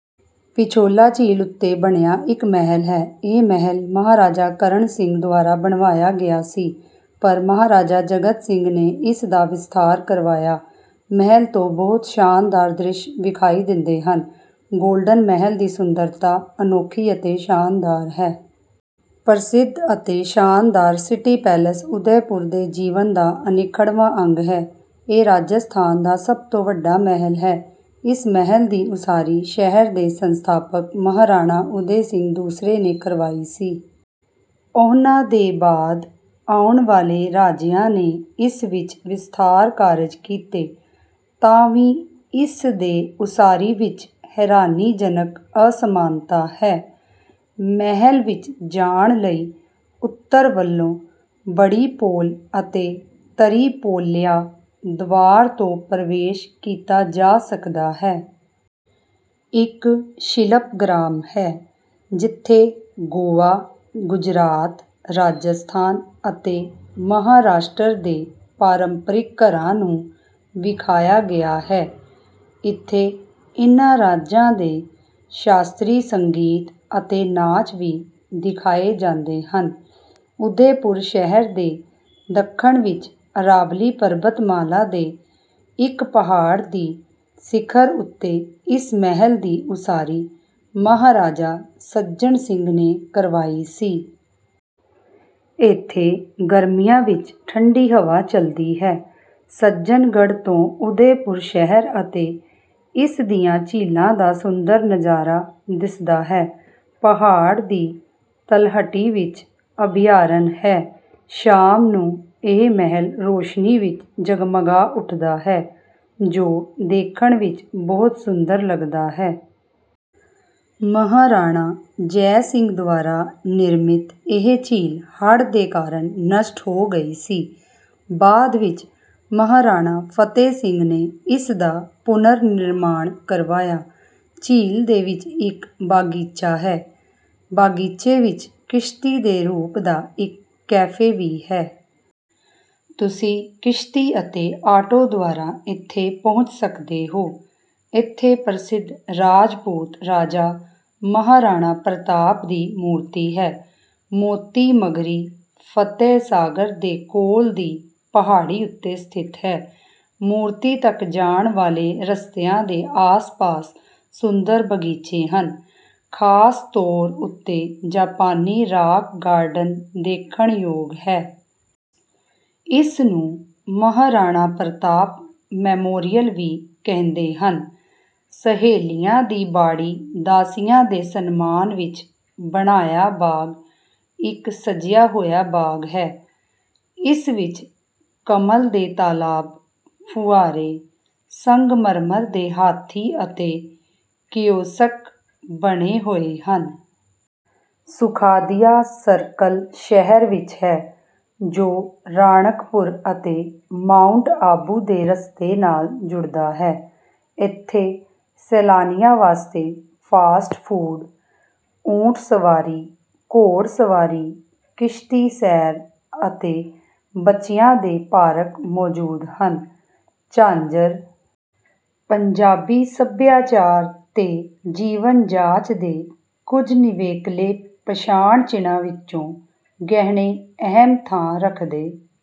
ਪਿਛੋਲਾ ਝੀਲ ਉੱਤੇ ਬਣਿਆ ਇੱਕ ਮਹਿਲ ਹੈ। ਇਹ ਮਹਲ ਮਹਾਰਾਜਾ ਕਰਣ ਸਿੰਘ ਦੁਆਰਾ ਬਣਵਾਇਆ ਗਿਆ ਸੀ, ਪਰ ਮਹਾਰਾਜਾ ਜਗਤ ਸਿੰਘ ਨੇ ਇਸ ਦਾ ਵਿਸਥਾਰ ਕਰਵਾਇਆ। ਮਹਲ ਤੋਂ ਬਹੁਤ ਸ਼ਾਨਦਾਰ ਦ੍ਰਿਸ਼ ਵਿਖਾਈ ਦਿੰਦੇ ਹਨ, ਗੋਲਡਨ ਮਹਲ ਦੀ ਸੁੰਦਰਤਾ ਅਨੋਖੀ ਅਤੇ ਸ਼ਾਨਦਾਰ ਹੈ। ਪ੍ਰਸਿੱਧ ਅਤੇ ਸ਼ਾਨਦਾਰ ਸਿਟੀ ਪੈਲੇਸ ਉਦੈਪੁਰ ਦੇ ਜੀਵਨ ਦਾ ਅਨਿੱਖੜਵਾਂ ਅੰਗ ਹੈ। ਇਹ ਰਾਜਸਥਾਨ ਦਾ ਸਭ ਤੋਂ ਵੱਡਾ ਮਹਲ ਹੈ। ਇਸ ਮਹਲ ਦੀ ਉਸਾਰੀ ਸ਼ਹਿਰ ਦੇ ਸੰਸਥਾਪਕ ਮਹਾਰਾਣਾ ਉਦੈ ਸਿੰਘ ਦੂਸਰੇ ਨੇ ਕਰਵਾਈ ਸੀ। ਉਨ੍ਹਾਂ ਦੇ ਬਾਅਦ ਆਉਣ ਵਾਲੇ ਰਾਜਿਆਂ ਨੇ ਇਸ ਵਿੱਚ ਵਿਸਥਾਰ ਕਾਰਜ ਕੀਤੇ। ਤਾਂ ਵੀ ਇਸ ਦੇ ਉਸਾਰੀ ਵਿੱਚ ਹੈਰਾਨੀਜਨਕ ਅਸਮਾਨਤਾ ਹੈ। ਮਹਲ ਵਿੱਚ ਜਾਣ ਲਈ ਉੱਤਰ ਵੱਲੋਂ ਬੜੀਪੋਲ ਅਤੇ ਤਰਿਪੋਲਿਆ ਦੁਆਰ ਤੋਂ ਪ੍ਰਵੇਸ਼ ਕੀਤਾ ਜਾ ਸਕਦਾ ਹੈ। ਇੱਕ ਸ਼ਿਲਪਗ੍ਰਾਮ ਹੈ, ਜਿੱਥੇ ਗੋਆ, ਗੁਜਰਾਤ, ਰਾਜਸਥਾਨ ਅਤੇ ਮਹਾਰਾਸ਼ਟਰ ਦੇ ਪਾਰੰਪਰਿਕ ਘਰਾਂ ਨੂੰ ਵਿਖਾਇਆ ਗਿਆ ਹੈ। ਇੱਥੇ ਇਨ੍ਹਾਂ ਰਾਜਾਂ ਦੇ ਸ਼ਾਸਤਰੀ ਸੰਗੀਤ ਅਤੇ ਨਾਚ ਵੀ ਦਿਖਾਏ ਜਾਂਦੇ ਹਨ। ਉਦੈਪੁਰ ਸ਼ਹਿਰ ਦੇ ਦੱਖਣ ਵਿੱਚ ਅਰਾਵਲੀ ਪਰਬਤਮਾਲਾ ਦੇ ਇੱਕ ਪਹਾੜ ਦੀ ਸਿਖਰ ਉੱਤੇ ਇਸ ਮਹਲ ਦੀ ਉਸਾਰੀ ਮਹਾਰਾਜਾ ਸੱਜਨ ਸਿੰਘ ਨੇ ਕਰਵਾਈ ਸੀ। ਇੱਥੇ ਗਰਮੀਆਂ ਵਿੱਚ ਠੰਡੀ ਹਵਾ ਚੱਲਦੀ ਹੈ। ਸੱਜਨਗੜ੍ਹ ਤੋਂ ਉਦੈਪੁਰ ਸ਼ਹਿਰ ਅਤੇ ਇਸ ਦੀਆਂ ਝੀਲਾਂ ਦਾ ਸੁੰਦਰ ਨਜ਼ਾਰਾ ਦਿਸਦਾ ਹੈ। ਪਹਾੜ ਦੀ ਤਲਹਟੀ ਵਿੱਚ ਅਭਿਆਰਨ ਹੈ। ਸ਼ਾਮ ਨੂੰ ਇਹ ਮਹਿਲ ਰੋਸ਼ਨੀ ਵਿੱਚ ਜਗਮਗਾ ਉੱਠਦਾ ਹੈ, ਜੋ ਦੇਖਣ ਵਿੱਚ ਬਹੁਤ ਸੁੰਦਰ ਲਗਦਾ ਹੈ। ਮਹਾਰਾਣਾ ਜੈ ਸਿੰਘ ਦੁਆਰਾ ਨਿਰਮਿਤ ਇਹ ਝੀਲ ਹੜ੍ਹ ਦੇ ਕਾਰਨ ਨਸ਼ਟ ਹੋ ਗਈ ਸੀ, ਬਾਅਦ ਵਿੱਚ ਮਹਾਰਾਣਾ ਫਤੇਹ ਸਿੰਘ ਨੇ ਇਸ ਦਾ ਪੁਨਰਨਿਰਮਾਣ ਕਰਵਾਇਆ। ਝੀਲ ਦੇ ਵਿੱਚ ਇੱਕ ਬਾਗੀਚਾ ਹੈ। ਬਾਗੀਚੇ ਵਿੱਚ ਕਿਸ਼ਤੀ ਦੇ ਰੂਪ ਦਾ ਇੱਕ ਕੈਫੇ ਵੀ ਹੈ। ਤੁਸੀਂ ਕਿਸ਼ਤੀ ਅਤੇ ਆਟੋ ਦੁਆਰਾ ਇੱਥੇ ਪਹੁੰਚ ਸਕਦੇ ਹੋ। ਇੱਥੇ ਪ੍ਰਸਿੱਧ ਰਾਜਪੂਤ ਰਾਜਾ ਮਹਾਰਾਣਾ ਪ੍ਰਤਾਪ ਦੀ ਮੂਰਤੀ ਹੈ। ਮੋਤੀ ਮਗਰੀ ਫਤੇਹਸਾਗਰ ਦੇ ਕੋਲ ਦੀ ਪਹਾੜੀ ਉੱਤੇ ਸਥਿਤ ਹੈ। ਮੂਰਤੀ ਤੱਕ ਜਾਣ ਵਾਲੇ ਰਸਤਿਆਂ ਦੇ ਆਸਪਾਸ ਸੁੰਦਰ ਬਗੀਚੇ ਹਨ, ਖਾਸ ਤੌਰ ਉੱਤੇ ਜਾਪਾਨੀ ਰਾਕ ਗਾਰਡਨ ਦੇਖਣਯੋਗ ਹੈ। ਇਸਨੂੰ ਮਹਾਰਾਣਾ ਪ੍ਰਤਾਪ ਮੈਮੋਰੀਅਲ ਵੀ ਕਹਿੰਦੇ ਹਨ। ਸਹੇਲੀਆਂ ਦੀ ਬਾੜੀ ਦਾਸੀਆਂ ਦੇ ਸਨਮਾਨ ਵਿੱਚ ਬਣਾਇਆ ਬਾਗ ਇੱਕ ਸਜਿਆ ਹੋਇਆ ਬਾਗ ਹੈ। ਇਸ ਵਿੱਚ ਕਮਲ ਦੇ ਤਾਲਾਬ, ਫੁੱਵਾਰੇ, ਸੰਗਮਰਮਰ ਦੇ ਹਾਥੀ ਅਤੇ ਕਿਓਸਕ ਬਣੇ ਹੋਏ ਹਨ। ਸੁਖਾਦੀਆ ਸਰਕਲ ਸ਼ਹਿਰ ਵਿੱਚ ਹੈ, ਜੋ ਰਾਣਕਪੁਰ ਅਤੇ ਮਾਉਂਟ ਆਬੂ ਦੇ ਰਸਤੇ ਨਾਲ ਜੁੜਦਾ ਹੈ। ਇੱਥੇ ਸੈਲਾਨੀਆਂ ਵਾਸਤੇ ਫਾਸਟ ਫੂਡ, ਊਠ ਸਵਾਰੀ, ਘੋੜ ਸਵਾਰੀ, ਕਿਸ਼ਤੀ ਸੈਰ ਅਤੇ ਬੱਚਿਆਂ ਦੇ ਪਾਰਕ ਮੌਜੂਦ ਹਨ। ਝਾਂਜਰ ਪੰਜਾਬੀ ਸੱਭਿਆਚਾਰ ਤੇ ਜੀਵਨ ਜਾਚ ਦੇ ਕੁਝ ਨਿਵੇਕਲੇ ਪਛਾਣ ਚਿੰਨ੍ਹਾਂ ਵਿੱਚੋਂ ਗਹਿਣੇ ਅਹਿਮ ਥਾਂ ਰੱਖਦੇ